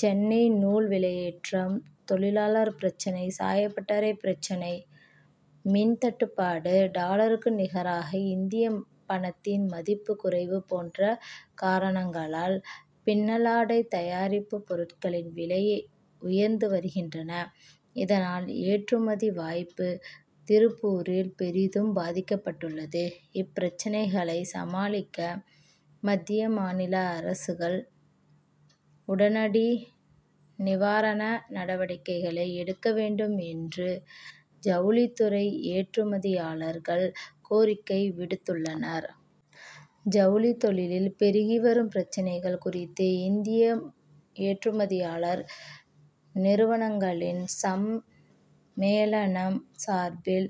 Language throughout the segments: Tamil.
சென்னை நூல் விலையேற்றம், தொழிலாளர் பிரச்னை, சாயப்பட்டறை பிரச்னை, மின் தட்டுப்பாடு, டாலருக்கு நிகராக இந்தியப் பணத்தின் மதிப்பு குறைவு போன்ற காரணங்களால், பின்னலாடை தயாரிப்பு பொருட்களின் விலை உயர்ந்து வருகின்றன. இதனால், ஏற்றுமதி வாய்ப்பு, திருப்பூரில் பெரிதும் பாதிக்கப்பட்டுள்ளது. இப்பிரச்னைகளை சமாளிக்க மத்திய, மாநில அரசுகள் உடனடி நிவாரண நடவடிக்கைகளை எடுக்க வேண்டும் என்று, ஜவுளித் தொழில் ஏற்றுமதியாளர் கள் கோரிக்கை விடுத்துள்ளனர். ஜவுளித் தொழிலில் பெருகி வரும் பிரச்னைகள் குறித்து, இந்திய ஏற்றுமதியாளர் நிறுவனங்களின் சம் மேளனம் சார்பில்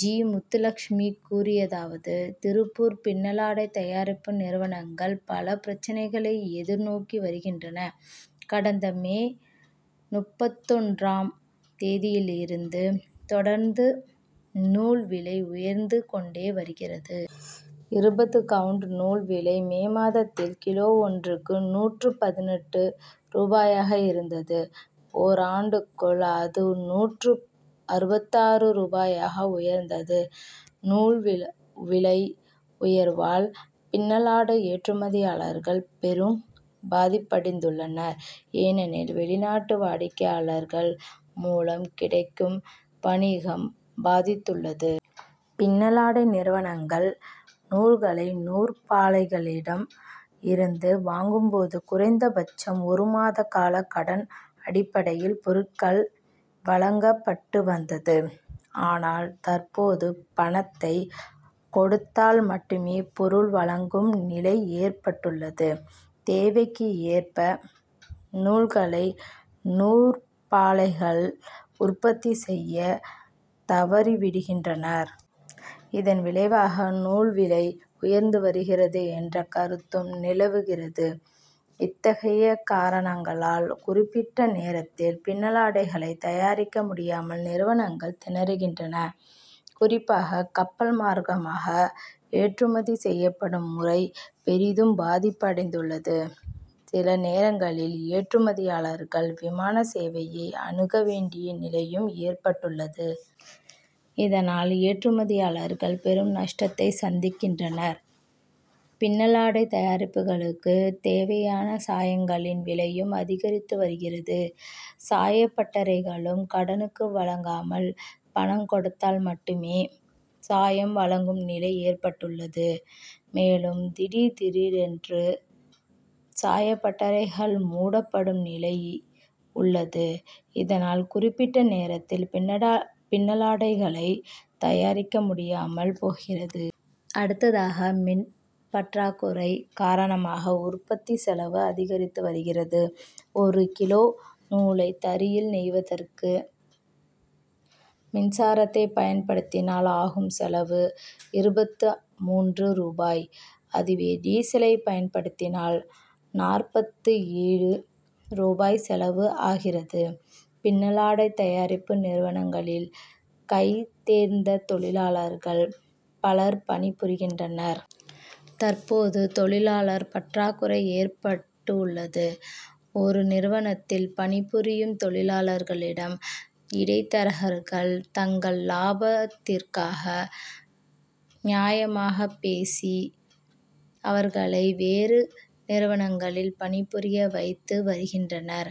ஜி. முத்துலட்சுமி கூறியதாவது: திருப்பூர் பின்னலாடை தயாரிப்பு நிறுவனங்கள், பல பிரச்னைகளை எதிர் நோக்கி வருகின்றன. கடந்த, மே முப்பத்தொன்றாம் தேதியிலிருந்து தொடர்ந்து நூல் விலை உயர்ந்து கொண்டே வருகிறது. இருபது கவுண்ட் நூல் விலை, மே மாதத்தில் கிலோ ஒன்றுக்கு, நூற்று பதினெட்டு ரூபாயாக இருந்தது. ஓராண்டுக்குள் அது, நூற்று அறுபத்தாறு ரூபாயாக உயர்ந்தது. நூல் விலை உயர்வால், பின்னலாடை ஏற்றுமதியாளர்கள் பெரும் பாதிப்படைந்துள் ளனர். ஏனெனில், வெளிநாட்டு வாடிக்கையாளர் கள் மூலம் கிடைக்கும் வணிகம் பாதித்துள்ளது. பின்னலாடை நிறுவனங்கள் நூல்களை நூற்பாலைகளிடம் இருந்து வாங் கும்போது, குறைந்த பட்சம் ஒரு மாதகால கடன் அடிப்படையில் பொருட் கள் வழங்கப்பட்டு வந்தது. ஆனால் தற்போது, பணத்தை கொடுத்தால் மட்டுமே பொருள் வழங் கும் நிலை ஏற்பட்டுள்ளது. தேவைக்கு ஏற்ப நூல்களை நூற்பாலைகள் உற்பத்தி செய்யத் தவறிவிடுகின்றன. இதன் விளைவாக, நூல் விலை உயர்ந்து வருகிறது என்ற கருத்தும் நிலவுகிறது. இத்தகைய காரணங் களால் குறிப்பிட்ட நேரத் தில் பின்னலாடைகளை தயாரிக்க முடியாமல் நிறுவனங்கள் திணறுகின்றன. குறிப்பாக, கப்பல் மார்க்கமாக ஏற்றுமதி செய்யப்படும் முறை பெரிதும் பாதிப்பு அடைந்துள்ளது. சில நேரங்களில் ஏற்றுமதியாளர்கள் விமான சேவையை அணுக வேண் டிய நிலையும் ஏற்பட் டுள்ளது. இதனால் ஏற்றுமதியாளர்கள் பெரும் நஷ் டத்தை சந்திக்கின்றனர். பின்னலாடை தயாரிப்புகளுக்குத் தேவையான சாயங்களின் விலையும் அதிகரித்து வருகிறது. சாயப்பட்டறைகளும் கடனுக்கு வழங்காமல் பணம் கொடுத்தால் மட்டுமே சாயம் வழங்கும் நிலை ஏற்பட்டுள்ளது. மேலும், திடீர் திடீரென்று சாயப்பட்டறைகள் மூடப்படும் நிலை உள் ளது. இதனால் குறிப்பிட்ட நேரத்தில் பின்னலாடைகளை தயாரிக்க முடியாமல் போகிறது. அடுத்ததாக, மின் பற் றாக்குறை காரணமாக உற் பத்தி செலவு அதிகரித்து வருகிறது. ஒரு கிலோ நூலை, தறியில் நெய்வதற்கு மின்சாரத்தைப் பயன்படுத்தினால் ஆகும் செலவு இருபத்து மூன்று ரூபாய். அதுவே, டீசலை பயன்படுத்தினால் நாற்பத்து ஏழு ரூபாய் செலவு ஆகிறது. பின்னலாடை தயாரிப்பு நிறுவனங்களில் கை தேர்ந்த தொழிலாளர்கள் பலர் பணிபுரிகின்றனர். தற்போது தொழிலாளர் பற்றாக் குறை ஏற்பட்டுள்ளது. ஒரு நிறுவனத்தில் பணிபுரியும் தொழிலாளர்களிடம் இடைத்தரகர்கள் தங்கள் லாபத் திற்காக நயமாகப் பேசி அவர்களை வேறு நிறுவனங்களில் பணிபுரிய வைத்து வருகின்றனர்.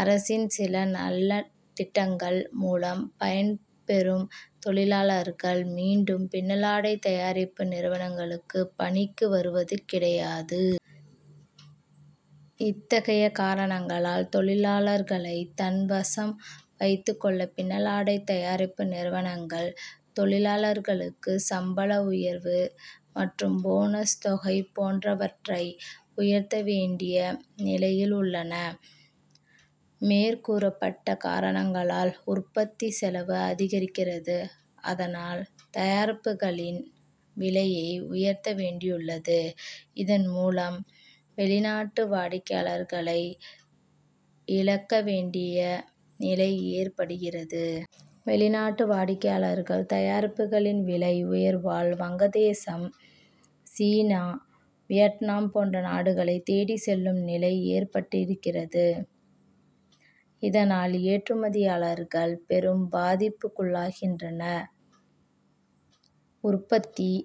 அரசின் சில நலத் திட்டங்கள் மூலம் பயன் பெறும் தொழிலாளர்கள், மீண்டும் பின்னலாடை தயாரிப்பு நிறுவனங்களுக் குப் பணிக்கு வருவது கிடையாது. இத்தகைய காரணங்களால், தொழிலாளர் களை தன் வசம் வைத்துக் கொள்ள பின்னலாடைத் தயாரிப்பு நிறுவனங்கள், தொழிலாளர்களுக்கு சம்பள உயர்வு மற்றும் போனஸ் தொகை போன்றவற்றை உயர்த்த வேண்டிய நிலையில் உள்ளன. மேற்கூறப்பட்ட காரணங்களால் உற்பத்தி செலவு அதிகரிக்கிறது. அதனால், தயாரிப்புகளின் விலையை உயர்த்த வேண்டியுள்ளது. இதன் மூலம் வெளிநாட்டு வாடிக் கையாளர்களை இழக்க வேண்டிய நிலை ஏற்படுகிறது. வெளிநாட்டு வாடிக்கையாளர்கள், தயாரிப்புகளின் விலை உயர்வால், வங்கதேசம், சீனா, வியட்நாம் போன்ற நாடுகளைத் தேடிச் செல்லும் நிலை ஏற்பட்டிருக்கிறது. இதனால், ஏற்றுமதியாளர்கள் பெரும் பாதிப்புக்குள்ளாகின்றனர். உற்பத்தி